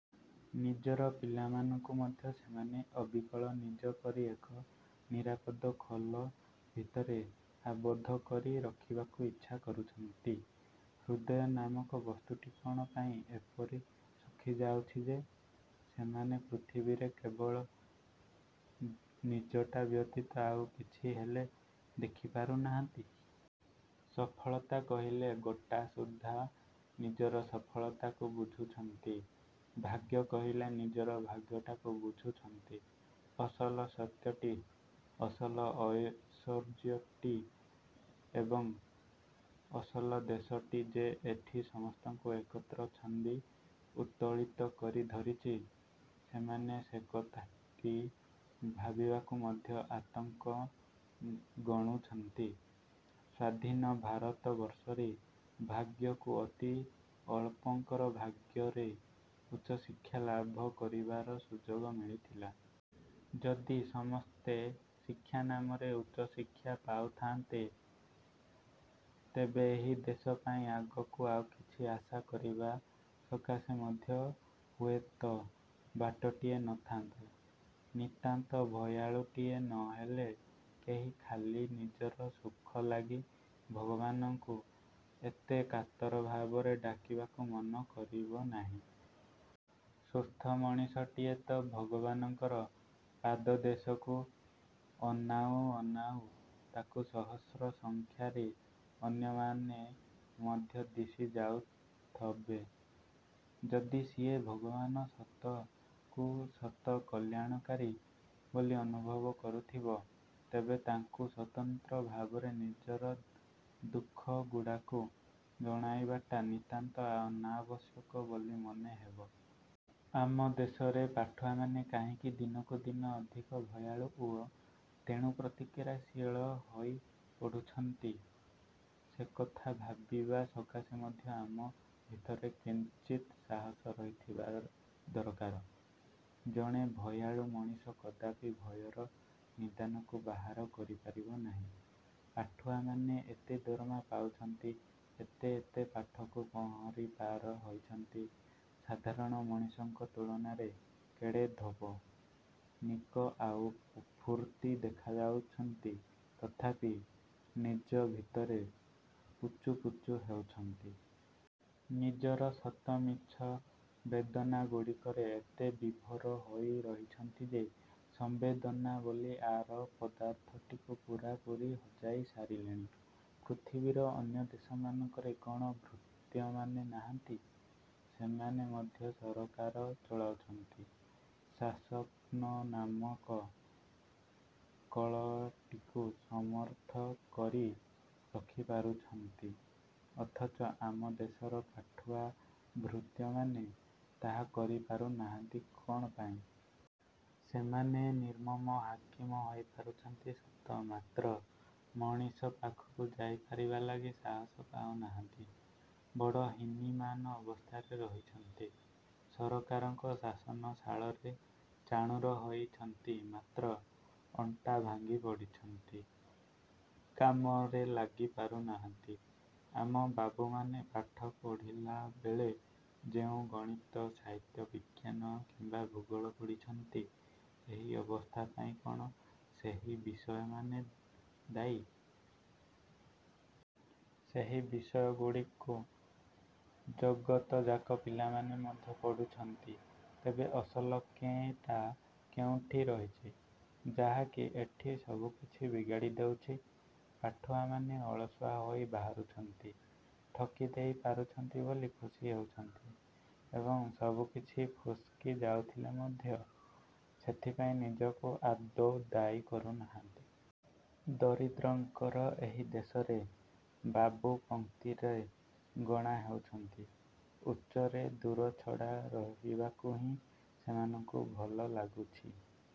ନିଜର ପିଲାମାନଙ୍କୁ ମଧ୍ୟ ସେମାନେ ଅବିକଳ ନିଜ ପରି ଏକ ନିରାପଦ ଖୋଲ ଭିତରେ ଆବଦ୍ଧ କରି ରଖିବାକୁ ଇଚ୍ଛା କରୁଛନ୍ତି। ହୃଦୟ ନାମକ ବସ୍ତୁଟି କଣ ପାଇଁ ଏପରି ଶୁଖିଯାଉଛି ଯେ, ସେମାନେ ପୃଥିବୀରେ କେବଳ ନିଜଟା ବ୍ୟତୀତ ଆଉ କିଛି ହେଲେ ଦେଖିପାରୁ ନାହାନ୍ତି। ସଫଳତା କହିଲେ ଗୋଟାସୁଦ୍ଧା ନିଜର ସଫଳତାକୁ ବୁଝୁଛନ୍ତି। ଭାଗ୍ୟ କହିଲେ ନିଜର ଭାଗ୍ୟଟାକୁ ବୁଝୁଛନ୍ତି। ଅସଲ ସତ୍ୟଟି, ଅସଲ ଐଶ୍ୱର୍ଯ୍ୟଟି ଏବଂ ଅସଲ ଦେଶଟି ଯେ ଏଠି ସମସ୍ତଙ୍କୁ ଏକତ୍ର ଛନ୍ଦି ଉତ୍ତୋଳିତ କରି ଧରିଛି, ସେମାନେ ସେକଥାଟି ଭାବିବାକୁ ମଧ୍ୟ ଆତଙ୍କ ଗଣୁଛନ୍ତି। ସ୍ୱାଧୀନ ଭାରତବର୍ଷରେ ଭାଗ୍ୟକୁ ଅତି ଅଳ୍ପଙ୍କର ଭାଗ୍ୟରେ ଉଚ୍ଚ ଶିକ୍ଷା ଲାଭ କରିବାର ସୁଯୋଗ ମିଳିଥିଲା। ଯଦି ସମସ୍ତେ ଶିକ୍ଷାନାମରେ ଉଚ୍ଚ ଶିକ୍ଷା ପାଉଥାନ୍ତେ, ତେବେ ଏହି ଦେଶ ପାଇଁ ଆଗକୁ ଆଉ କିଛି ଆଶା କରିବା ସକାଶେ ମଧ୍ୟ ହୁଏତ ବାଟଟିଏ ନଥାନ୍ତା। ନିତାନ୍ତ ଭୟାଳୁଟିଏ ନହେଲେ କେହି ଖାଲି ନିଜର ସୁଖ ଲାଗି ଭଗବାନଙ୍କୁ ଏତେ କାତର ଭାବରେ ଡାକିବାକୁ ମନ କରିବ ନାହିଁ। ସୁସ୍ଥ ମଣିଷଟିଏ ତ ଭଗବାନଙ୍କର ପାଦଦେଶକୁ ଅନାଉ ଅନାଉ ତାକୁ ସହସ୍ର ସଂଖ୍ୟାରେ ଅନ୍ୟମାନେ ମଧ୍ୟ ଦିଶି ଯାଉଥବେ। ଯଦି ସିଏ ଭଗବାନ ସତକୁ ସତ କଲ୍ୟାଣକାରୀ ବୋଲି ଅନୁଭବ କରୁଥିବ, ତେବେ ତାଙ୍କୁ ସ୍ୱତନ୍ତ୍ର ଭାବରେ ନିଜର ଦୁଃଖଗୁଡ଼ାକୁ ଜଣାଇବାଟା ନିତାନ୍ତ ଅନାବଶ୍ୟକ ବୋଲି ମନେହେବ । ଆମ ଦେଶରେ ପାଠୁଆମାନେ କାହିଁକି ଦିନକୁ ଦିନ ଅଧିକ ଭୟାଳୁ ଓ ତେଣୁ ପ୍ରତିକ୍ରିୟାଶୀଳ ହୋଇ ପଡ଼ୁଛନ୍ତି, ସେକଥା ଭାବିବା ସକାଶେ ମଧ୍ୟ ଆମ ଭିତରେ କିଞ୍ଚିତ୍ ସାହସ ରହିଥିବା ଦରକାର। ଜଣେ ଭୟାଳୁ ମଣିଷ କଦାପି ଭୟର ନିଦାନକୁ ବାହାର କରିପାରିବ ନାହିଁ। ପାଠୁଆମାନେ ଏତେ ଦରମା ପାଉଛନ୍ତି, ଏତେ ଏତେ ପାଠକୁ ପହଁରି ପାର ହୋଇଛନ୍ତି, ସାଧାରଣ ମଣିଷଙ୍କ ତୁଳନାରେ କେଡ଼େ ଧୋବ, ନିକ ଆଉ ଫୁର୍ତ୍ତି ଦେଖାଯାଉଛନ୍ତି, ତଥାପି ନିଜ ଭିତରେ ପୁଚୁପୁଚୁ ହେଉଛନ୍ତି। ନିଜର ସତ ମିଛ ବେଦନାଗୁଡ଼ିକରେ ଏତେ ବିଭୋର ହୋଇ ରହିଛନ୍ତି ଯେ ସମ୍ବେଦନା ବୋଲି ଆର ପଦାର୍ଥଟିକୁ ପୂରାପୂରି ହଜାଇ ସାରିଲେଣି। ପୃଥିବୀର ଅନ୍ୟ ଦେଶମାନଙ୍କରେ କଣ ଭୃତ୍ୟମାନେ ନାହାନ୍ତି? ସେମାନେ ମଧ୍ୟ ସରକାର ଚଳାଉଛନ୍ତି, ଶାସନ ନାମକ କଳଟିକୁ ସମର୍ଥ କରି ରଖିପାରୁଛନ୍ତି। ଅଥଚ ଆମ ଦେଶର ପାଠୁଆ ଭୃତ୍ୟମାନେ ତାହା କରିପାରୁ ନାହାନ୍ତି କଣ ପାଇଁ? ସେମାନେ ନିର୍ମମ ହାକିମ ହୋଇପାରୁଛନ୍ତି ସତ ମାତ୍ର ମଣିଷ ପାଖକୁ ଯାଇପାରିବା ଲାଗି ସାହସ ପାଉନାହାନ୍ତି। ବଡ଼ ହୀନିମାନ ଅବସ୍ଥାରେ ରହିଛନ୍ତି। ସରକାରଙ୍କ ଶାସନଶାଳରେ ଚାଣୁର ହୋଇଛନ୍ତି, ମାତ୍ର ଅଣ୍ଟା ଭାଙ୍ଗି ପଡ଼ିଛନ୍ତି, କାମରେ ଲାଗିପାରୁ ନାହାନ୍ତି। ଆମ ବାବୁମାନେ ପାଠ ପଢ଼ିଲାବେଳେ ଯେଉଁ ଗଣିତ, ସାହିତ୍ୟ, ବିଜ୍ଞାନ କିମ୍ବା ଭୂଗୋଳ ପଢ଼ିଛନ୍ତି, ଏହି ଅବସ୍ଥା ପାଇଁ କଣ ସେହି ବିଷୟମାନେ ଦାୟୀ? ସେହି ବିଷୟଗୁଡ଼ିକୁ ଜଗତଯାକ ପିଲାମାନେ ମଧ୍ୟ ପଢୁଛନ୍ତି। ତେବେ ଅସଲ କେଁ ଟା କେଉଁଠି ରହିଛି, ଯାହାକି ଏଠି ସବୁକିଛି ବିଗାଡ଼ି ଦେଉଛି? ପାଠୁଆମାନେ ଅଳସୁଆ ହୋଇ ବାହାରୁଛନ୍ତି, ଠକିଦେଇ ପାରୁଛନ୍ତି ବୋଲି ଖୁସି ହେଉଛନ୍ତି ଏବଂ ସବୁକିଛି ଫୁସକି ଯାଉଥିଲେ ମଧ୍ୟ ସେଥିପାଇଁ ନିଜକୁ ଆଦୌ ଦାୟୀ କରୁନାହାନ୍ତି। ଦରିଦ୍ରଙ୍କର ଏହି ଦେଶରେ ବାବୁ ପଂକ୍ତିରେ ଗଣା ହେଉଛନ୍ତି, ଉଚ୍ଚରେ ଦୂରଛଡ଼ା ରହିବାକୁ ହିଁ ସେମାନଙ୍କୁ ଭଲ ଲାଗୁଛି।